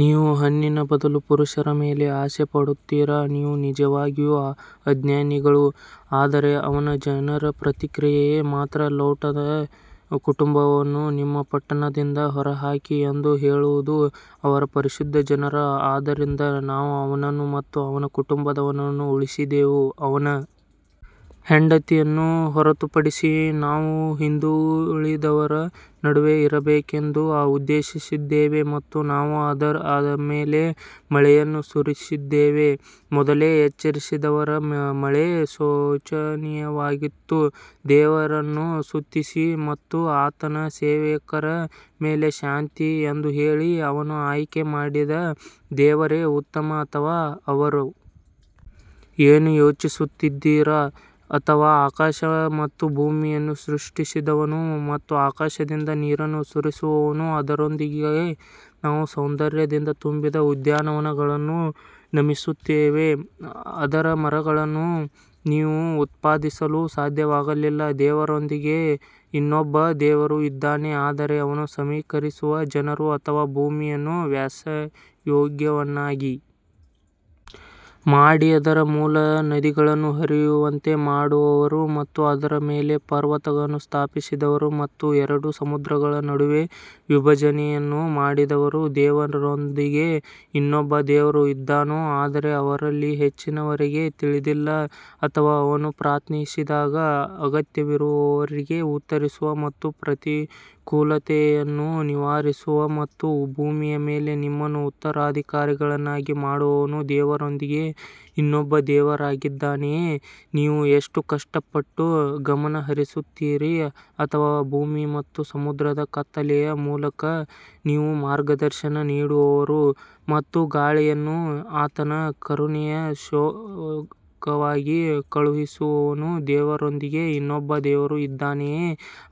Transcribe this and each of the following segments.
ನೀವು ಹೆಣ್ಣಿನ ಬದಲು ಪುರುಷರ ಮೇಲೆ ಆಸೆ ಪಡುತ್ತೀರಾ ನೀವು ನಿಜವಾಗಿಯೂ ಅಜ್ಞಾನಿಗಳು ಆದರೆ ಅವನ ಜನರ ಪ್ರತಿಕ್ರಿಯೆ ಮಾತ್ರ ಲೋಟನ ಕುಟುಂಬವನ್ನು ನಿಮ್ಮ ಪಟ್ಟಣದಿಂದ ಹೊರಹಾಕಿ ಎಂದು ಹೇಳುವುದು ಅವರು ಶುದ್ಧ ಜನರು ಆದ್ದರಿಂದ ನಾವು ಅವನನ್ನು ಮತ್ತು ಅವನ ಕುಟುಂಬವನ್ನು ಉಳಿಸಿದೆವು ಅವನ ಹೆಂಡತಿಯನ್ನು ಹೊರತುಪಡಿಸಿ ನಾವು ಹಿಂದುಳಿದವರ ನಡುವೆ ಇರಬೇಕೆಂದು ಉದ್ದೇಶಿಸಿದ್ದೇವೆ ಮತ್ತು ನಾವು ಅವರ ಮೇಲೆ ಮಳೆಯನ್ನು ಸುರಿಸಿದ್ದೇವೆ, ಮೊದಲೇ ಎಚ್ಚರಿಸಿದವರ ಮಳೆ ಶೋಚನೀಯವಾಗಿತ್ತು ದೇವರನ್ನು ಸ್ತುತಿಸಿ ಮತ್ತು ಆತನ ಸೇವಕರ ಮೇಲೆ ಶಾಂತಿ ಎಂದು ಹೇಳಿ, ಅವನು ಆಯ್ಕೆ ಮಾಡಿದ ದೇವರೇ ಉತ್ತಮ ಅಥವಾ ಅವರು ಏನು ಸಂಯೋಜಿಸುತ್ತಾರೆ ಅಥವಾ ಆಕಾಶ ಮತ್ತು ಭೂಮಿಯನ್ನು ಸೃಷ್ಟಿಸಿದವನು ಮತ್ತು ಆಕಾಶದಿಂದ ನೀರನ್ನು ಸುರಿಸುವವನು ಅದರೊಂದಿಗೆ ನಾವು ಸೌಂದರ್ಯದಿಂದ ತುಂಬಿದ ಉದ್ಯಾನವನಗಳನ್ನು ನಿರ್ಮಿಸುತ್ತೇವೆ, ಅದರ ಮರಗಳನ್ನು ನೀವು ಉತ್ಪಾದಿಸಲು ಸಾಧ್ಯವಾಗಲಿಲ್ಲ, ದೇವರೊಂದಿಗೆ ಇನ್ನೊಬ್ಬ ದೇವರು ಇದ್ದಾನೆ ಆದರೆ ಅವರು ಸಮೀಕರಿಸುವ ಜನರು ಅಥವಾ ಭೂಮಿಯನ್ನು ವಾಸಯೋಗ್ಯವನ್ನಾಗಿ ಮಾಡಿ ಅದರ ಮೂಲಕ ನದಿಗಳನ್ನು ಹರಿಯುವಂತೆ ಮಾಡಿದವರು ಮತ್ತು ಅದರ ಮೇಲೆ ಪರ್ವತಗಳನ್ನು ಸ್ಥಾಪಿಸಿದರು ಮತ್ತು ಎರಡು ಸಮುದ್ರಗಳ ನಡುವೆ ವಿಭಜನೆಯನ್ನು ಮಾಡಿದವರು ದೇವರೊಂದಿಗೆ ಇನ್ನೊಬ್ಬ ದೇವರು ಇದ್ದಾನೋ ಆದರೆ ಅವರಲ್ಲಿ ಹೆಚ್ಚಿನವರಿಗೆ ತಿಳಿದಿಲ್ಲ ಅಥವಾ ಅವನು ಪ್ರಾರ್ಥಿಸಿದಾಗ ಅಗತ್ಯವಿರುವವರಿಗೆ ಉತ್ತರಿಸುವ ಮತ್ತು ಪ್ರತಿಕೂಲತೆಯನ್ನು ನಿವಾರಿಸುವ ಮತ್ತು ಭೂಮಿಯ ಮೇಲೆ ನಿಮ್ಮನ್ನು ಉತ್ತರಾಧಿಕಾರಿಗಳನ್ನಾಗಿ ಮಾಡುವವನು ದೇವರೊಂದಿಗೆ ಇನ್ನೊಬ್ಬ ದೇವರಿದ್ದಾನೆಯೇ ನೀವು ಎಷ್ಟು ಕಷ್ಟಪಟ್ಟು ಗಮನ ಹರಿಸುತ್ತೀರಿ ಅಥವಾ ಭೂಮಿ ಮತ್ತು ಸಮುದ್ರದ ಕತ್ತಲೆಯ ಮೂಲಕ ನಿಮಗೆ ಮಾರ್ಗದರ್ಶನ ನೀಡುವವರು ಮತ್ತು ಗಾಳಿಯನ್ನು ಆತನ ಕರುಣೆಯ ಘೋಷಕವಾಗಿ ಕಳುಹಿಸುವವನು ದೇವರೊಂದಿಗೆ ಇನ್ನೊಬ್ಬ ದೇವರು ಇದ್ದಾನೆಯೇ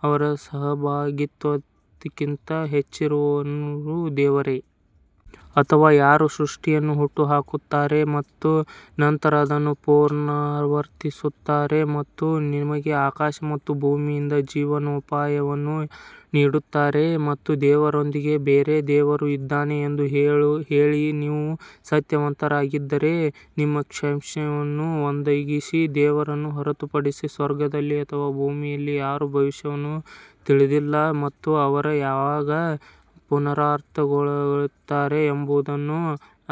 ಅವರು ಸಹಭಾಗಿತ್ವಕ್ಕಿಂತ ಹೆಚ್ಚಿನವರು ದೇವರೇ? ಅಥವಾ ಯಾರು ಸೃಷ್ಟಿಯನ್ನು ಹುಟ್ಟುಹಾಕುತ್ತಾರೆ ಮತ್ತು ನಂತರ ಅದನ್ನು ಪುನರಾವರ್ತಿಸುತ್ತಾರೆ ಮತ್ತು ನಿಮಗೆ ಆಕಾಶ ಮತ್ತು ಭೂಮಿಯಿಂದ ಜೀವನೋಪಾಯವನ್ನು ಯಾರು ನೀಡುತ್ತಾರೆ ಮತ್ತು ದೇವರೊಂದಿಗೆ ಬೇರೆ ದೇವರು ಇದ್ದಾನೆ ಎಂದು ಹೇಳಿ ನೀವು ಸತ್ಯವಂತರಾಗಿದ್ದರೆ ನಿಮ್ಮ ಸಾಕ್ಷ್ಯವನ್ನು ಒದಗಿಸಿ ದೇವರನ್ನು ಹೊರತುಪಡಿಸಿ ಸ್ವರ್ಗದಲ್ಲಿ ಅಥವಾ ಭೂಮಿಯಲ್ಲಿ ಯಾರೂ ಭವಿಷ್ಯವನ್ನು ತಿಳಿದಿಲ್ಲ ಮತ್ತು ಅವರು ಯಾವಾಗ ಪುನರುತ್ಥಾನಗೊಳ್ಳುತ್ತಾರೆ ಎಂಬುದನ್ನು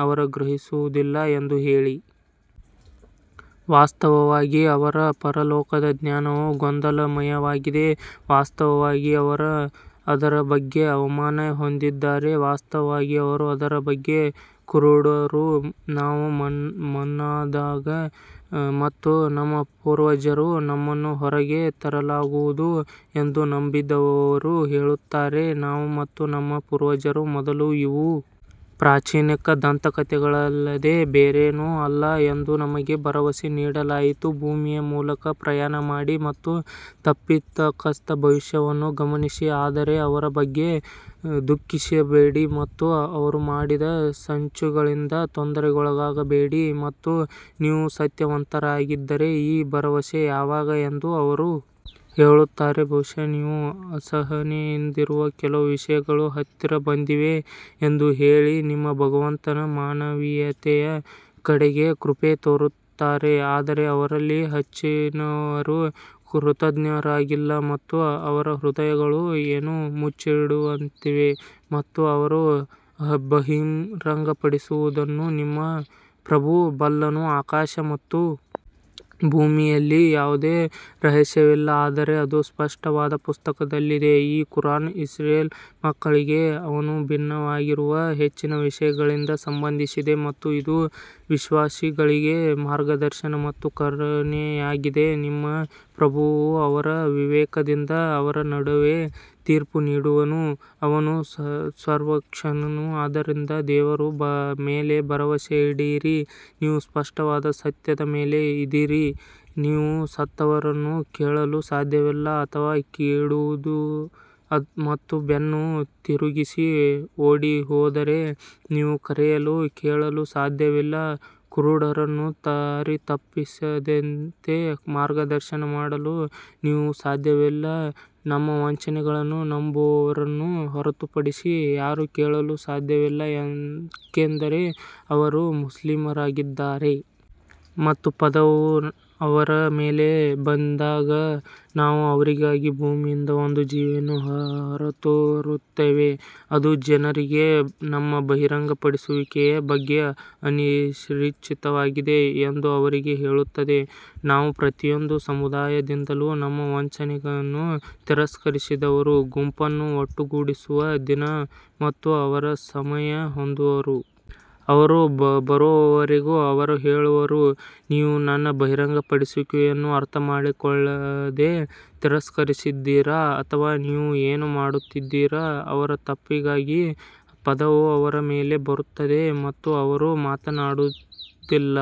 ಅವರು ಗ್ರಹಿಸುವುದಿಲ್ಲ ಎಂದು ಹೇಳಿ. ವಾಸ್ತವವಾಗಿ ಅವರ ಪರಲೋಕದ ಜ್ಞಾನವು ಗೊಂದಲಮಯವಾಗಿದೆ ವಾಸ್ತವವಾಗಿ ಅವರು ಅದರ ಬಗ್ಗೆ ಅನುಮಾನ ಹೊಂದಿದ್ದಾರೆ ವಾಸ್ತವವಾಗಿ ಅವರು ಅದರ ಬಗ್ಗೆ ಕುರುಡರು ನಾವು ಮಣ್ಣಾದಾಗ ಮತ್ತು ನಮ್ಮ ಪೂರ್ವಜರು ನಮ್ಮನ್ನು ಹೊರಗೆ ತರಲಾಗುವುದು ಎಂದು ನಂಬದಿರುವವರು ಹೇಳುತ್ತಾರೆ ನಾವು ಮತ್ತು ನಮ್ಮ ಪೂರ್ವಜರ ಮೊದಲು ಇವು ಪ್ರಾಚೀನರ ದಂತಕಥೆಗಳಲ್ಲದೆ ಬೇರೇನೂ ಅಲ್ಲ ಎಂದು ನಮಗೆ ಭರವಸೆ ನೀಡಲಾಯಿತು ಭೂಮಿಯ ಮೂಲಕ ಪ್ರಯಾಣ ಮಾಡಿ ಮತ್ತು ತಪ್ಪಿತಸ್ಥರ ಭವಿಷ್ಯವನ್ನು ಗಮನಿಸಿ ಆದರೆ ಅವರ ಬಗ್ಗೆ ದುಃಖಿಸಬೇಡಿ ಮತ್ತು ಅವರು ಮಾಡುವ ಸಂಚುಗಳಿಂದ ತೊಂದರೆಗೊಳಗಾಗಬೇಡಿ ಮತ್ತು ನೀವು ಸತ್ಯವಂತರಾಗಿದ್ದರೆ ಈ ಭರವಸೆ ಯಾವಾಗ ಎಂದು ಅವರು ಹೇಳುತ್ತಾರೆ ಬಹುಶಃ ನೀವು ಅಸಹನೆಯಿಂದಿರುವ ಕೆಲವು ವಿಷಯಗಳು ಹತ್ತಿರ ಬಂದಿವೆ ಎಂದು ಹೇಳಿ ನಿಮ್ಮ ಭಗವಂತ ಮಾನವೀಯತೆಯ ಕಡೆಗೆ ಕೃಪೆ ತೋರುತ್ತಾನೆ ಆದರೆ ಅವರಲ್ಲಿ ಹೆಚ್ಚಿನವರು ಕೃತಜ್ಞರಾಗಿಲ್ಲ ಮತ್ತು ಅವರ ಹೃದಯಗಳು ಏನು ಮುಚ್ಚಿಡುತ್ತವೆ ಮತ್ತು ಅವರು ಬಹಿರಂಗಪಡಿಸುವುದನ್ನು ನಿಮ್ಮ ಪ್ರಭು ಬಲ್ಲನು ಆಕಾಶ ಮತ್ತು ಭೂಮಿಯಲ್ಲಿ ಯಾವುದೇ ರಹಸ್ಯವಿಲ್ಲ ಆದರೆ ಅದು ಸ್ಪಷ್ಟವಾದ ಪುಸ್ತಕದಲ್ಲಿದೆ ಈ ಕುರಾನ್ ಇಸ್ರೇಲ್ ಮಕ್ಕಳಿಗೆ ಅವರು ಭಿನ್ನವಾಗಿರುವ ಹೆಚ್ಚಿನ ವಿಷಯಗಳಿಗೆ ಸಂಬಂಧಿಸಿದೆ ಮತ್ತು ಇದು ವಿಶ್ವಾಸಿಗಳಿಗೆ ಮಾರ್ಗದರ್ಶನ ಮತ್ತು ಕರುಣೆಯಾಗಿದೆ ನಿಮ್ಮ ಪ್ರಭುವು ಅವರ ವಿವೇಕದಿಂದ ಅವರ ನಡುವೆ ತೀರ್ಪು ನೀಡುವನು, ಅವನು ಸರ್ವಶಕ್ತನು ಆದ್ದರಿಂದ ದೇವರ ಮೇಲೆ ಭರವಸೆಯಿಡಿರಿ ನೀವು ಸ್ಪಷ್ಟವಾದ ಸತ್ಯದ ಮೇಲೆ ಇದ್ದೀರಿ ನೀವು ಸತ್ತವರನ್ನು ಕೇಳಲು ಸಾಧ್ಯವಿಲ್ಲ ಅಥವಾ ಕಿವುಡರು ತಮ್ಮ ಬೆನ್ನು ತಿರುಗಿಸಿ ಓಡಿಹೋದರೆ ನೀವು ಕರೆಯನ್ನು ಕೇಳಲು ಸಾಧ್ಯವಿಲ್ಲ ಕುರುಡರನ್ನು ದಾರಿತಪ್ಪಿಸದಂತೆ ಮಾರ್ಗದರ್ಶನ ಮಾಡಲು ನೀವು ಸಾಧ್ಯವಿಲ್ಲ, ನಮ್ಮ ವಚನಗಳನ್ನು ನಂಬುವವರನ್ನು ಹೊರತುಪಡಿಸಿ ಯಾರೂ ಕೇಳಲು ಸಾಧ್ಯವಿಲ್ಲ ಏಕೆಂದರೆ ಅವರು ಮುಸ್ಲಿಮರಾಗಿದ್ದಾರೆ. ಮತ್ತು ಪದವು ಅವರ ಮೇಲೆ ಬಿದ್ದಾಗ ನಾವು ಅವರಿಗಾಗಿ ಭೂಮಿಯಿಂದ ಒಂದು ಜೀವಿಯನ್ನು ಹೊರತರುತ್ತೇವೆ, ಅದು ಜನರಿಗೆ ನಮ್ಮ ಬಹಿರಂಗಪಡಿಸುವಿಕೆಯ ಬಗ್ಗೆ ಅನಿಶ್ಚಿತವಾಗಿದೆ ಎಂದು ಅವರಿಗೆ ಹೇಳುತ್ತದೆ. ನಾವು ಪ್ರತಿಯೊಂದು ಸಮುದಾಯದಿಂದಲೂ ನಮ್ಮ ವಚನಗಳನ್ನು ತಿರಸ್ಕರಿಸಿದವರ ಗುಂಪನ್ನು ಒಟ್ಟುಗೂಡಿಸುವ ದಿನ ಮತ್ತು ಅವರು ಸಂಯಮ ಹೊಂದುವರು. ಅವರು ಬರುವವರೆಗೂ ಅವರು ಹೇಳುವರು, ನೀವು ನನ್ನ ಬಹಿರಂಗಪಡಿಸುವಿಕೆಯನ್ನು ಅರ್ಥಮಾಡಿಕೊಳ್ಳದೆ ತಿರಸ್ಕರಿಸಿದ್ದೀರಾ ಅಥವಾ ನೀವು ಏನು ಮಾಡುತ್ತಿದ್ದೀರಿ ಅವರ ತಪ್ಪಿಗಾಗಿ ಪದವು ಅವರ ಮೇಲೆ ಬರುತ್ತದೆ ಮತ್ತು ಅವರು ಮಾತನಾಡುವುದಿಲ್ಲ.